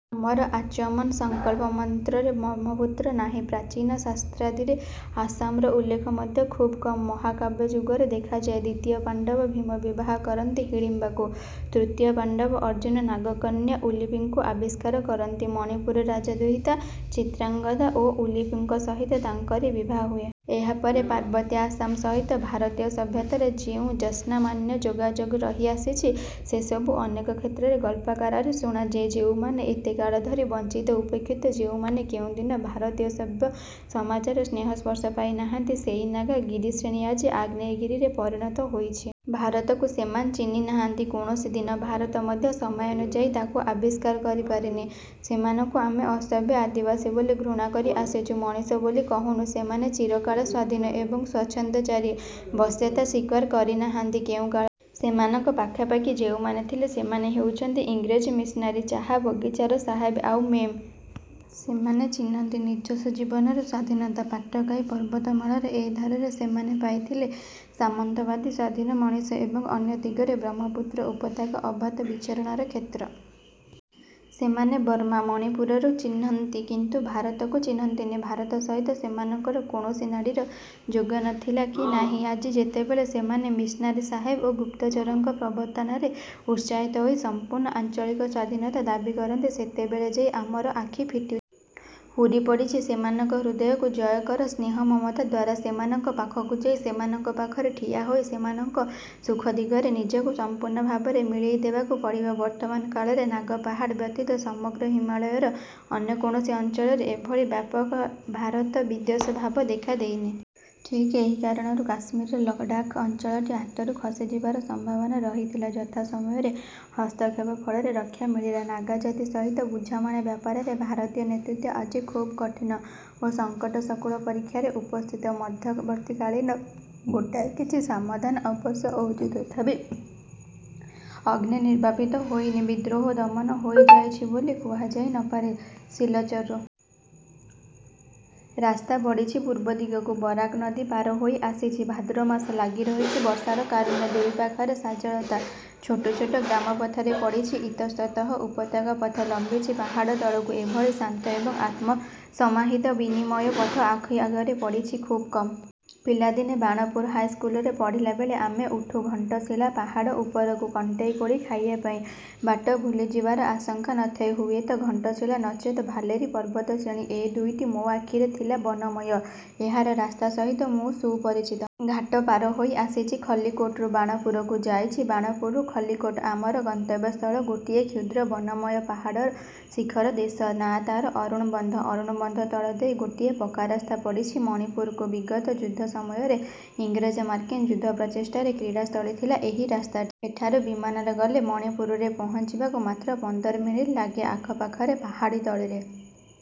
ଆମର ଆଚମନ, ସଙ୍କଳ୍ପ ମନ୍ତ୍ରରେ ବ୍ରହ୍ମପୁତ୍ର ନାହିଁ। ପ୍ରାଚୀନ ଶାସ୍ତ୍ରାଦିରେ ଆସାମର ଉଲ୍ଲେଖ ମଧ୍ୟ ଖୁବ୍ କମ୍। ମହାକାବ୍ୟ ଯୁଗରେ ଦେଖାଯାଏ ଦ୍ୱିତୀୟ ପାଣ୍ଡବ ଭୀମ ବିବାହ କରନ୍ତି ହିଡ଼ିମ୍ବାକୁ। ତୃତୀୟ ପାଣ୍ଡବ ଅର୍ଜୁନ ନାଗକନ୍ୟା ଉଲୁପୀକୁ ଆବିଷ୍କାର କରନ୍ତି ଏବଂ ମଣିପୁର ରାଜଦୁହିତା ଚିତ୍ରାଙ୍ଗଦା ଏବଂ ଉଲୁପୀଙ୍କ ସହିତ ତାଙ୍କରି ବିବାହ ହୁଏ। ଏହାପରେ ପାର୍ବତ୍ୟ ଆସାମ ସହିତ ଭାରତୀୟ ସଭ୍ୟତାର ଯେଉଁ ଯତ୍ସାମାନ୍ୟ ଯୋଗାଯୋଗ ରହିଆସିଛି, ସେସବୁ ଅନେକ କ୍ଷେତ୍ରରେ ଗଳ୍ପାକାରରେ ଶୁଣାଯାଏ। ଯେଉଁମାନେ ଏତେକାଳ ଧରି ବଞ୍ଚିତ ଉପେକ୍ଷିତ, ଯେଉଁମାନେ କେଉଁଦିନ ଭାରତୀୟ ସଭ୍ୟ ସମାଜର ସ୍ନେହସ୍ପର୍ଶ ପାଇ ନାହାନ୍ତି, ସେହି ନାଗା ଗିରିଶ୍ରେଣୀ ଆଜି ଆଗ୍ନେୟଗିରିରେ ପରିଣତ ହୋଇଛି। ଭାରତକୁ ସେମାନେ ଚିହ୍ନି ନାହାନ୍ତି କୌଣସି ଦିନ। ଭାରତ ମଧ୍ୟ ସମୟାନୁଯାୟୀ ତାକୁ ଆବିଷ୍କାର କରିପାରିନି। ସେମାନଙ୍କୁ ଆମେ ଅସଭ୍ୟ ଆଦିବାସୀ ବୋଲି ଘୃଣା କରିଆସିଚୁ ମଣିଷ ବୋଲି କହିନୁ। ସେମାନେ ଚିରକାଳ ସ୍ୱାଧୀନ ଏବଂ ସ୍ୱଚ୍ଛନ୍ଦଚାରୀ, ବଶ୍ୟତା ସ୍ୱୀକାର କରି ନାହାନ୍ତି କେଉଁ କାଳରେ। ସେମାନଙ୍କ ପାଖାପାଖି ଯେଉଁମାନେ ଥିଲେ, ସେମାନେ ହେଉଚନ୍ତି ଇଂରେଜ ମିଶନାରୀ, ଚାହା ବଗିଚାର ସାହେବ ଆଉ ମେମ୍। ସେମାନେ ଚିହ୍ନନ୍ତି ନିଜସ୍ୱ ଜୀବନର ସ୍ୱାଧୀନତା। ପାଟକାଇ ପର୍ବତମାଳାର ଏ ଧାରରେ ସେମାନେ ପାଇଥିଲେ ସାମନ୍ତବାଦୀ ସ୍ୱାଧୀନ ମଣିଷ ଏବଂ ଅନ୍ୟ ଦିଗରେ ବ୍ରହ୍ମପୁତ୍ର ଉପତ୍ୟକା ଅବାଧ ବିଚରଣ କ୍ଷେତ୍ର। ସେମାନେ ବର୍ମା, ମଣିପୁରକୁ ଚିହ୍ନନ୍ତି, କିନ୍ତୁ ଭାରତକୁ ଚିହ୍ନନ୍ତିନି। ଭାରତ ସହିତ ସେମାନଙ୍କର କୌଣସି ନାଡ଼ୀର ଯୋଗ ନ ଥିଲା କି ନାହିଁ। ଆଜି ଯେତେବେଳେ ସେମାନେ ମିଶନାରୀ ଓ ସାହେବ ଗୁପ୍ତଚରଙ୍କ ପ୍ରବର୍ତ୍ତନାରେ ଉତ୍ସାହିତ ହୋଇ ସମ୍ପୂର୍ଣ୍ଣ ଆଞ୍ଚଳିକ ସ୍ୱାଧୀନତା ଦାବି କରନ୍ତି, ସେତେବେଳେ ଯାଇ ଆମର ଆଖି ଫିଟୁ। ହୁରି ପଡ଼ିଛି ସେମାନଙ୍କ ହୃଦୟକୁ ଜୟ କର ସ୍ନେହ ମମତାଦ୍ୱାରା। ସେମାନଙ୍କ ପାଖକୁ ଯାଇ, ସେମାନଙ୍କ ପାଖରେ ଠିଆ ହୋଇ ସେମାନଙ୍କ ସୁଖ ଦୁଃଖରେ ନିଜକୁ ସମ୍ପୂର୍ଣ୍ଣ ଭାବରେ ମିଳେଇଦେବାକୁ ପଡ଼ିବ। ବର୍ତ୍ତମାନ କାଳରେ ନାଗାପାହାଡ଼ ବ୍ୟତୀତ ସମଗ୍ର ହିମାଳୟର ଅନ୍ୟ କୌଣସି ଅଞ୍ଚଳରେ ଏଭଳି ବ୍ୟାପକ ଭାରତ-ବିଦ୍ୱେଷ ଭାବ ଦେଖାଦେଇନି। ଠିକ୍ ଏହି କାରଣରୁ କାଶ୍ମୀରର ଲଡ଼ାଖ ଅଞ୍ଚଳଟି ହାତରୁ ଖସିଯିବାର ସମ୍ଭାବନା ରହିଥିଲା ଯଥା ସମୟରେ ହସ୍ତକ୍ଷେପ ଫଳରେ ରକ୍ଷା ମିଳିଲା। ନାଗା ଜାତି ସହିତ ବୁଝାମଣା ବ୍ୟାପାରରେ ଭାରତୀୟ ନେତୃତ୍ୱ ଆଜି ଖୁବ୍ କଠିନ ଓ ସଙ୍କଟ ସଙ୍କୁଳ ପରୀକ୍ଷାରେ ଉପସ୍ଥିତ। ମଧ୍ୟବର୍ତ୍ତୀକାଳୀନ ଗୋଟାଏ କିଛି ସମାଧାନ ଅବଶ୍ୟ ହୋଇଛି; ତଥାପି ଅଗ୍ନି ନିର୍ବାପିତ ହୋଇନି, ବିଦ୍ରୋହ ଦମନ ହୋଇଯାଇଛି ବୋଲି କୁହାଯାଇ ନ ପାରେ। ସିଲଚରରୁ ରାସ୍ତା ପଡ଼ିଚି ପୂର୍ବ ଦିଗକୁ। ବରାକ ନଦୀ ପାର ହୋଇଆସିଛି। ଭାଦ୍ର ମାସ। ଲାଗିରହିଛି ବର୍ଷାର କାରୁଣ୍ୟ, ଦୁଇ ପାଖରେ ସଜଳତା। ଛୋଟ ଛୋଟ ଗ୍ରାମପଥ ପଡ଼ିଛି ଇତସ୍ତତଃ। ଉପତ୍ୟକାପଥ ଲମ୍ବିଚି ପାହାଡ଼ ତଳକୁ। ଏଭଳି ଶାନ୍ତ ଏବଂ ଆତ୍ମସମାହିତ ବନମୟ ପଥ ଆଖିରେ ପଡ଼ିଛି ଖୁବ୍ କମ୍। ପିଲାଦିନେ ବାଣପୁର ହାଇସ୍କୁଲରେ ପଢ଼ିଲାବେଳେ ଆମେ ଉଠୁ ଘଣ୍ଟଶିଳା ପାହାଡ଼ ଉପରକୁ କଣ୍ଟେଇକୋଳି ଖାଇବା ପାଇଁ। ବାଟ ଭୁଲିଯିବାର ଆଶଙ୍କା ନ ଥାଏ। ହୁଏତ ଘଣ୍ଟଶିଳା, ନଚେତ୍ ଭାଲେରୀ ପର୍ବତଶ୍ରେଣୀ, ଏହି ଦୁଇଟି ମୋ ଆଖିରେ ଥିଲା ବନମୟ। ଏହାର ରାସ୍ତା ସହିତ ମୁ ସୁପରିଚିତ। ଘାଟା ପାର ହୋଇ ଆସିଛି ଖଲ୍ଲିକୋଟରୁ ବାଣପୁରକୁ, ଯାଇଚି ବାଣପୁରରୁ ଖଲ୍ଲିକୋଟ। ଆମର ଗନ୍ତବ୍ୟସ୍ଥଳ ଗୋଟିଏ କ୍ଷୁଦ୍ର ବନମୟ ପାହାଡ଼ର ଶିଖରଦେଶ। ନାଁ ତାର ଅରୁଣବନ୍ଧ। ଅରୁଣବନ୍ଧ ତଳ ଦେଇ ଗୋଟିଏ ପକ୍କା ରାସ୍ତା ପଡ଼ିଛି ମଣିପୁରକୁ। ବିଗତ ଯୁଦ୍ଧ ସମୟରେ ଇଂରେଜ ମାର୍କିନ ଯୁଦ୍ଧପ୍ରଚେଷ୍ଟାର କ୍ରୀଡ଼ାସ୍ଥଳୀ ଥିଲା ଏହି ରାସ୍ତାଟି। ଏଠାରୁ ବିମାନରେ ଗଲେ ମଣିପୁରରେ ପହଞ୍ଚିବାକୁ ମାତ୍ର ପନ୍ଦର ମିନିଟ ଲାଗେ। ଆଖପାଖରେ ପାହାଡ଼ତଳିରେ--